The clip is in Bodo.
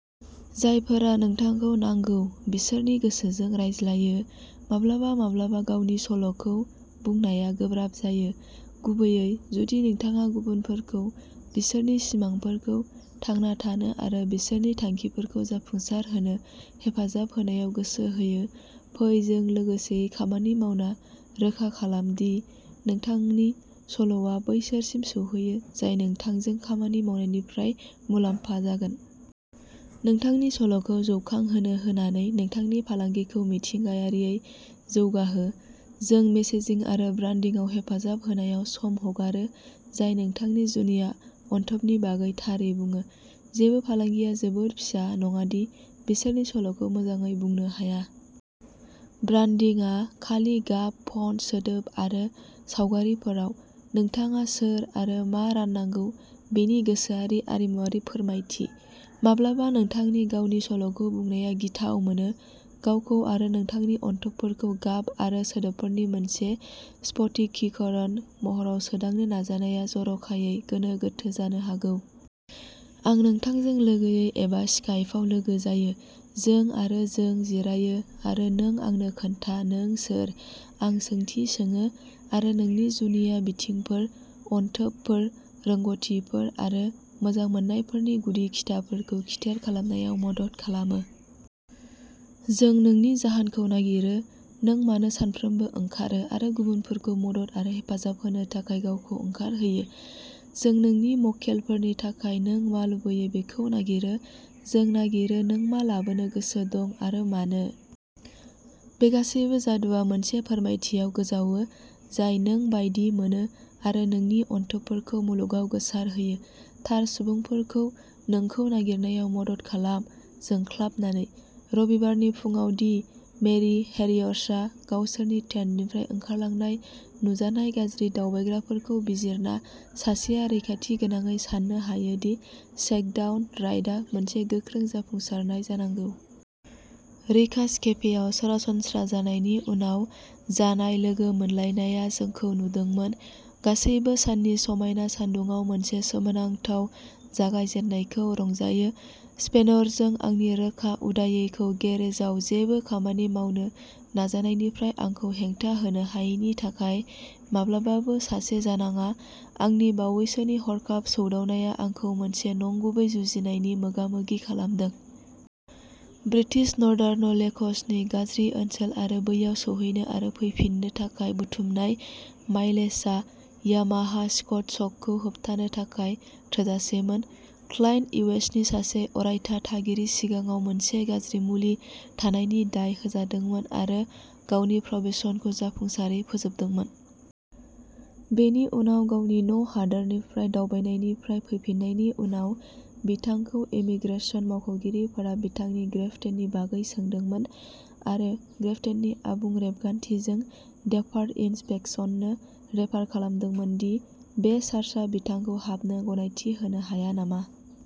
जायफोरा नोंथांखौ नांगौ बिसोरनि गोसोजों रायज्लायो। माब्लाबा माब्लाबा गावनि सल'खौ बुंनाया गोब्राब जायो, गुबैयै जुदि नोंथाङा गुबुनफोरखौ बिसोरनि सिमांफोरखौ थांना थानो आरो बिसोरनि थांखिफोरखौ जाफुंसारहोनो हेफाजाब होनायाव गोसो होयो। फै जों लोगोसेयै खामानि मावना रोखा खालाम दि नोंथांनि सल'आ बैसोरसिम सौहैयो जाय नोंथांजों खामानि मावनायनिफ्राय मुलाम्फा जागोन। नोंथांनि सल'खौ जौखांहोनो होनानै नोंथांनि फालांगिखौ मिथिंगायारियै जौगाहो। जों मेसेजिं आरो ब्रान्डिंआव हेफाजाब होनायाव सम हगारो जाय नोंथांनि जुनिया अनथोबनि बागै थारै बुङो। जेबो फालांगिया जोबोद फिसा नङा दि बिसोरनि सल'खौ मोजाङै बुंनो हाया। ब्रान्डिंआ खालि गाब, फन्ट, सोदोब आरो सावगारिफोराव, नोंथाङा सोर आरो मा राननांगौ बेनि गोसोआरि आरिमुवारि फोरमायथि। माब्लाबा, नोंथांनि गावनि सल'खौ बुंनाया गिथाव मोनो। गावखौ आरो नोंथांनि अनथोबफोरखौ गाब आरो सोदोबफोरनि मोनसे स्फटिकीकरण महराव सोदांनो नाजानाया जर'खायै गोनो गोथो जानो हागौ। आं नोंथांजों लोगोयै एबा स्काइपआव लोगो जायो। जों आरो जों जिरायो आरो नों आंनो खोन्था नों सोर? आं सोंथि सोङो आरो नोंनि जुनिया बिथिंफोर, अनथोबफोर, रोंग'थिफोर आरो मोजांमोननायफोरनि गुदि खिथाफोरखौ खिथेर खालामनायाव मदद खालामो। जों नोंनि जाहोनखौ नागिरो! नों मानो सानफ्रोमबो ओंखारो आरो गुबुनफोरखौ मदद आरो हेफाजाब होनो थाखाय गावखौ ओंखारहोयो। जों नोंनि मक्केलफोरनि थाखाय नों मा लुबैयो बेखौ नागिरो। जों नागिरो नों मा लाबोनो गोसो दं आरो मानो? बे गासैबो जादुआ मोनसे फोरमायथियाव गोजावो जाय नों बायदि मोनो आरो नोंनि अनथोबफोरखौ मुलुगाव गोसारहोयो। थार सुबुंफोरखौ नोंखौ नागिरनायाव मदद खालाम, जोंख्लाबनानै। रबिबारनि फुंआव दि मेरि हेरियर्सआव गावसोरनि टेन्टनिफ्राय ओंखारलांनाय नुजानाय गाज्रि दावबायग्राफोरखौ बिजिरना सासेया रैखाथिगोनाङै सान्नो हायो दि शेक डाउन राइड आ मोनसे गोख्रों जाफुंसारनाय जानांगौ। रिकास केफेआव सरासनस्रा जानायनि उनाव जानाय लोगो मोनलायनाया जोंखौ नुदोंमोन। गासैबो साननि समायना सानदुंआव मोनसे सोमोनांथाव जागायजेन्नायखौ रंजायो। स्पेनरजों आंनि रोखा उदायैखौ गेरेजाव जेबो खामानि मावनो नाजानायनिफ्राय आंखौ हेंथा होनो हायैनि थाखाय माब्लाबाबो सासे जानाङा, आंनि बावैसोनि हरखाब सौदावनाया आंखौ मोनसे नंगुबै जुजिनायनि मोगामोगि खालामदों। ब्रिटिश नर्दार्न लेकसनि गाज्रि ओनसोल आरो बैयाव सौहैनो आरो फैफिननो थाखाय बुथुमनाय माइलेजआ यामाहा स्टक शकखौ होबथानो थाखाय थोजासेमोन। Client, U. एस. नि सासे अरायथा थागिरि, सिगाङाव मोनसे गाज्रि मुलि थानायनि दाय होजादोंमोन आरो गावनि प्रबेशनखौ जाफुंसारै फोजोबदोंमोन। बेनि उनाव, गावनि न'हादोरनिफ्राय दावबायनायनिफ्राय फैफिन्नायनि उनाव, बिथांखौ इमिग्रेशन मावख'गिरिफोरा बिथांनि ग्रेप्तेननि बागै सोंदोंमोन। आरो ग्रेप्तेननि आबुं रेबगान्थिजों डेफार्ड इन्सपेक्शननो रेफार खालामदोंमोन दि बे चार्जआ बिथांखौ हाबनो गनायथि होनो हाया नामा?